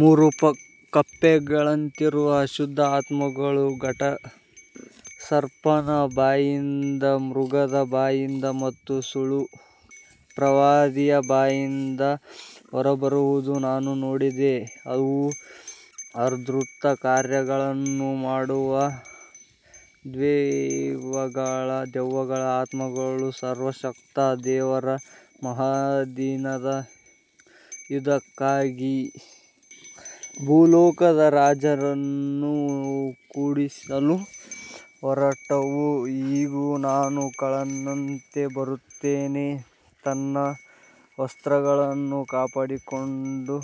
ಮೂರು ಕಪ್ಪೆಗಳಂತಿರುವ ಅಶುದ್ಧ ಆತ್ಮಗಳು ಘಟಸರ್ಪನ ಬಾಯಿಂದ, ಮೃಗದ ಬಾಯಿಂದ ಮತ್ತು ಸುಳ್ಳುಪ್ರವಾದಿಯ ಬಾಯಿಂದ ಹೊರಬರುವುದನ್ನು ನಾನು ನೋಡಿದೆ. ಅವು ಅದ್ಭುತಕಾರ್ಯಗಳನ್ನು ಮಾಡುವ ದೆವ್ವಗಳ ಆತ್ಮಗಳು, ಸರ್ವಶಕ್ತ ದೇವರ ಮಹಾದಿನದ ಯುದ್ಧಕ್ಕಾಗಿ ಭೂಲೋಕದ ರಾಜರನ್ನು ಕೂಡಿಸಲು ಹೊರಟವು. ಇಗೋ, ನಾನು ಕಳ್ಳನಂತೆ ಬರುತ್ತೇನೆ. ತನ್ನ ವಸ್ತ್ರಗಳನ್ನು ಕಾಪಾಡಿಕೊಂಡು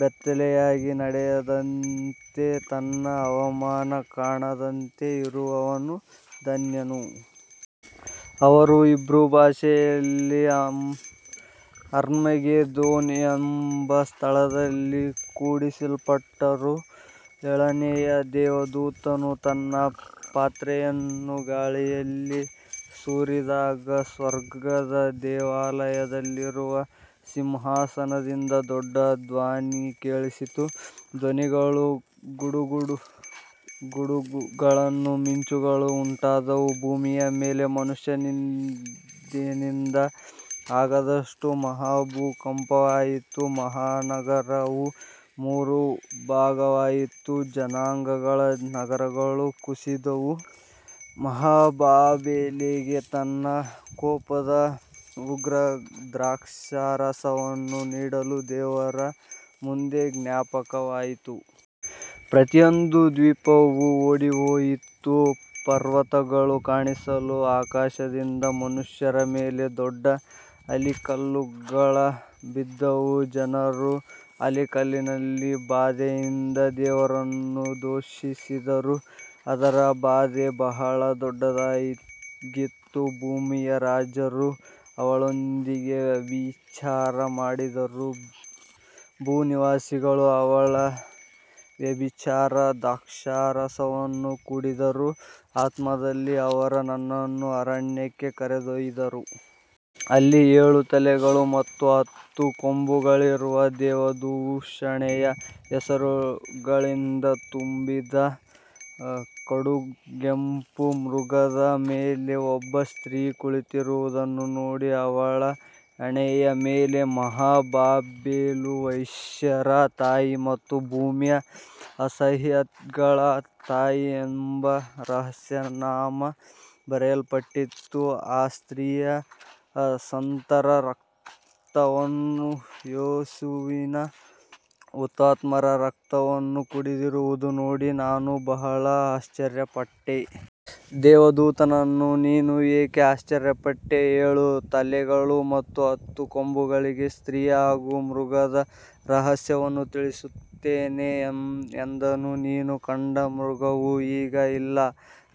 ಬೆತ್ತಲೆಯಾಗಿ ನಡೆಯದಂತೆ, ತನ್ನ ಅವಮಾನ ಕಾಣದಂತೆ ಇರುವವನು ಧನ್ಯನು. ಅವರು ಹೀಬ್ರೂ ಭಾಷೆಯಲ್ಲಿ ಅರ್ಮಗೆದೋನ್ ಎಂಬ ಸ್ಥಳದಲ್ಲಿ ಕೂಡಿಸಲ್ಪಟ್ಟರು. ಏಳನೆಯ ದೇವದೂತನು ತನ್ನ ಪಾತ್ರೆಯನ್ನು ಗಾಳಿಯಲ್ಲಿ ಸುರಿದಾಗ, ಸ್ವರ್ಗದ ದೇವಾಲಯದಲ್ಲಿರುವ ಸಿಂಹಾಸನದಿಂದ ದೊಡ್ಡ ಧ್ವನಿ ಕೇಳಿಸಿತು. ಧ್ವನಿಗಳು, ಗುಡುಗುಗಳು, ಮಿಂಚುಗಳು ಉಂಟಾದವು, ಭೂಮಿಯ ಮೇಲೆ ಮನುಷ್ಯನಿದ್ದಂದಿನಿಂದ ಆಗದಷ್ಟು ಮಹಾಭೂಕಂಪವಾಯಿತು. ಮಹಾನಗರವು ಮೂರು ಭಾಗವಾಯಿತು, ಜನಾಂಗಗಳ ನಗರಗಳು ಕುಸಿದವು, ಮಹಾ ಬಾಬೆಲಿಗೆ ತನ್ನ ಕೋಪದ ಉಗ್ರದ್ರಾಕ್ಷಾರಸವನ್ನು ನೀಡಲು ದೇವರ ಮುಂದೆ ಜ್ಞಾಪಕವಾಯಿತು. ಪ್ರತಿಯೊಂದು ದ್ವೀಪವೂ ಓಡಿಹೋಯಿತು, ಪರ್ವತಗಳು ಕಾಣಿಸಲಿಲ್ಲ. ಆಕಾಶದಿಂದ ಮನುಷ್ಯರ ಮೇಲೆ ದೊಡ್ಡ ಆಲಿಕಲ್ಲುಗಳು ಬಿದ್ದವು, ಜನರು ಆಲಿಕಲ್ಲಿನ ಬಾಧೆಯಿಂದ ದೇವರನ್ನು ದೂಷಿಸಿದರು, ಅದರ ಬಾಧೆ ಬಹಳ ದೊಡ್ಡದಾಗಿತ್ತು. ಭೂಮಿಯ ರಾಜರು ಅವಳೊಂದಿಗೆ ವ್ಯಭಿಚಾರ ಮಾಡಿದರು, ಭೂನಿವಾಸಿಗಳು ಅವಳ ವ್ಯಭಿಚಾರದ ದ್ರಾಕ್ಷಾರಸವನ್ನು ಕುಡಿದರು. ಆತ್ಮದಲ್ಲಿ ಅವನು ನನ್ನನ್ನು ಅರಣ್ಯಕ್ಕೆ ಕರೆದೊಯ್ದನು. ಅಲ್ಲಿ ಏಳು ತಲೆಗಳು ಮತ್ತು ಹತ್ತು ಕೊಂಬುಗಳಿರುವ, ದೇವದೂಷಣೆಯ ಹೆಸರುಗಳಿಂದ ತುಂಬಿದ ಕಡುಗೆಂಪು ಮೃಗದ ಮೇಲೆ ಒಬ್ಬ ಸ್ತ್ರೀ ಕುಳಿತಿರುವುದನ್ನು ನೋಡಿದೆ. ಅವಳ ಹಣೆಯ ಮೇಲೆ, ಮಹಾ ಬಾಬೆಲು, ವೇಶ್ಯೆಯರ ತಾಯಿ ಮತ್ತು ಭೂಮಿಯ ಅಸಹ್ಯಗಳ ತಾಯಿ ಎಂಬ ರಹಸ್ಯನಾಮ ಬರೆಯಲ್ಪಟ್ಟಿತ್ತು. ಆ ಸ್ತ್ರೀಯು ಸಂತರ ರಕ್ತವನ್ನೂ ಯೇಸುವಿನ ಹುತಾತ್ಮರ ರಕ್ತವನ್ನೂ ಕುಡಿದಿರುವುದನ್ನು ನೋಡಿ ನಾನು ಬಹಳ ಆಶ್ಚರ್ಯಪಟ್ಟೆ. ದೇವದೂತನು, ನೀನು ಏಕೆ ಆಶ್ಚರ್ಯಪಟ್ಟೆ, ಏಳು ತಲೆಗಳು ಮತ್ತು ಹತ್ತು ಕೊಂಬುಗಳಿರುವ ಸ್ತ್ರೀ ಹಾಗೂ ಮೃಗದ ರಹಸ್ಯವನ್ನು ತಿಳಿಸುತ್ತೇನೆ ಎಂದನು. ನೀನು ಕಂಡ ಮೃಗವು ಈಗ ಇಲ್ಲ,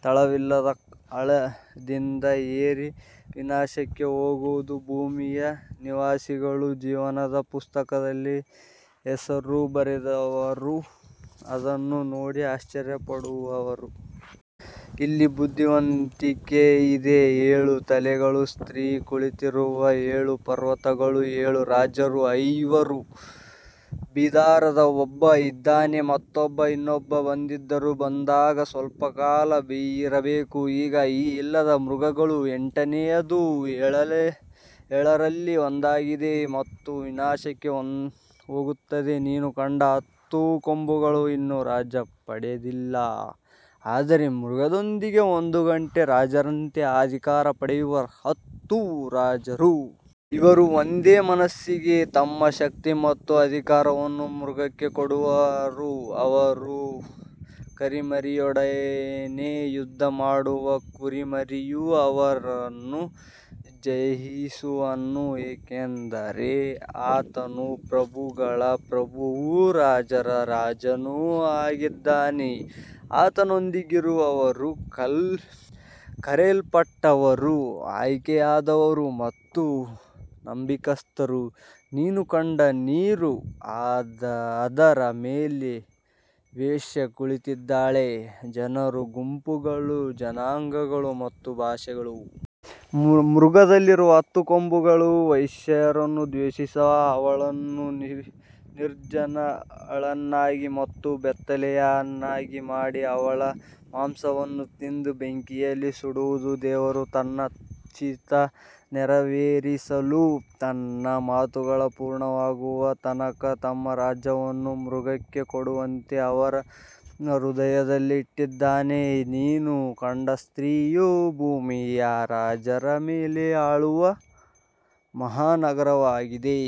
ತಳವಿಲ್ಲದ ಹಳ್ಳದಿಂದ ಏರಿ ವಿನಾಶಕ್ಕೆ ಹೋಗುವುದು. ಭೂಮಿಯ ನಿವಾಸಿಗಳು, ಜೀವನದ ಪುಸ್ತಕದಲ್ಲಿ ಹೆಸರು ಬರೆಯದವರು, ಅದನ್ನು ನೋಡಿ ಆಶ್ಚರ್ಯಪಡುವರು. ಇಲ್ಲಿ ಬುದ್ಧಿವಂತಿಕೆ ಇದೆ. ಏಳು ತಲೆಗಳು ಸ್ತ್ರೀ ಕುಳಿತಿರುವ ಏಳು ಪರ್ವತಗಳು, ಏಳು ರಾಜರು. ಐವರು ಬಿದ್ದಿದ್ದಾರೆ, ಒಬ್ಬನು ಇದ್ದಾನೆ, ಮತ್ತೊಬ್ಬನು ಇನ್ನೂ ಬಂದಿಲ್ಲ, ಬಂದಾಗ ಸ್ವಲ್ಪಕಾಲ ಇರಬೇಕು. ಇದ್ದು ಈಗ ಇಲ್ಲದ ಮೃಗವು ಎಂಟನೆಯದು, ಏಳರಲ್ಲಿ ಒಂದಾಗಿದೆ ಮತ್ತು ವಿನಾಶಕ್ಕೆ ಹೋಗುತ್ತದೆ. ನೀನು ಕಂಡ ಹತ್ತು ಕೊಂಬುಗಳು ಇನ್ನೂ ರಾಜ್ಯ ಪಡೆದಿಲ್ಲ, ಆದರೆ ಮೃಗದೊಂದಿಗೆ ಒಂದು ಗಂಟೆ ರಾಜರಂತೆ ಅಧಿಕಾರ ಪಡೆಯುವ ಹತ್ತು ರಾಜರು. ಇವರು ಒಂದೇ ಮನಸ್ಸಿನಿಂದ ತಮ್ಮ ಶಕ್ತಿ ಮತ್ತು ಅಧಿಕಾರವನ್ನು ಮೃಗಕ್ಕೆ ಕೊಡುವರು. ಅವರು ಕುರಿಮರಿಯೊಡನೆ ಯುದ್ಧ ಮಾಡುವರು, ಕುರಿಮರಿಯು ಅವರನ್ನು ಜಯಿಸುವನು, ಏಕೆಂದರೆ ಆತನು ಪ್ರಭುಗಳ ಪ್ರಭುವೂ ರಾಜರ ರಾಜನೂ ಆಗಿದ್ದಾನೆ, ಆತನೊಂದಿಗಿರುವವರು ಕರೆಯಲ್ಪಟ್ಟವರು, ಆಯ್ಕೆಯಾದವರು ಮತ್ತು ನಂಬಿಗಸ್ತರು. ನೀನು ಕಂಡ ನೀರು, ಅದರ ಮೇಲೆ ವೇಶ್ಯೆ ಕುಳಿತಿದ್ದಾಳೆ, ಜನರು, ಗುಂಪುಗಳು, ಜನಾಂಗಗಳು ಮತ್ತು ಭಾಷೆಗಳು. ಮೃಗದಲ್ಲಿರುವ ಹತ್ತು ಕೊಂಬುಗಳು ವೇಶ್ಯೆಯನ್ನು ದ್ವೇಷಿಸಿ, ಅವಳನ್ನು ನಿರ್ಜನಳನ್ನಾಗಿ ಮತ್ತು ಬೆತ್ತಲೆಯನ್ನಾಗಿ ಮಾಡಿ, ಅವಳ ಮಾಂಸವನ್ನು ತಿಂದು ಬೆಂಕಿಯಲ್ಲಿ ಸುಡುವವು. ದೇವರು ತನ್ನ ಚಿತ್ತ ನೆರವೇರಿಸಲು, ತನ್ನ ಮಾತುಗಳು ಪೂರ್ಣವಾಗುವ ತನಕ ತಮ್ಮ ರಾಜ್ಯವನ್ನು ಮೃಗಕ್ಕೆ ಕೊಡುವಂತೆ ಅವರ ಹೃದಯದಲ್ಲಿ ಇಟ್ಟಿದ್ದಾನೆ. ನೀನು ಕಂಡ ಸ್ತ್ರೀಯು ಭೂಮಿಯ ರಾಜರ ಮೇಲೆ ಆಳುವ ಮಹಾನಗರವಾಗಿದೆ.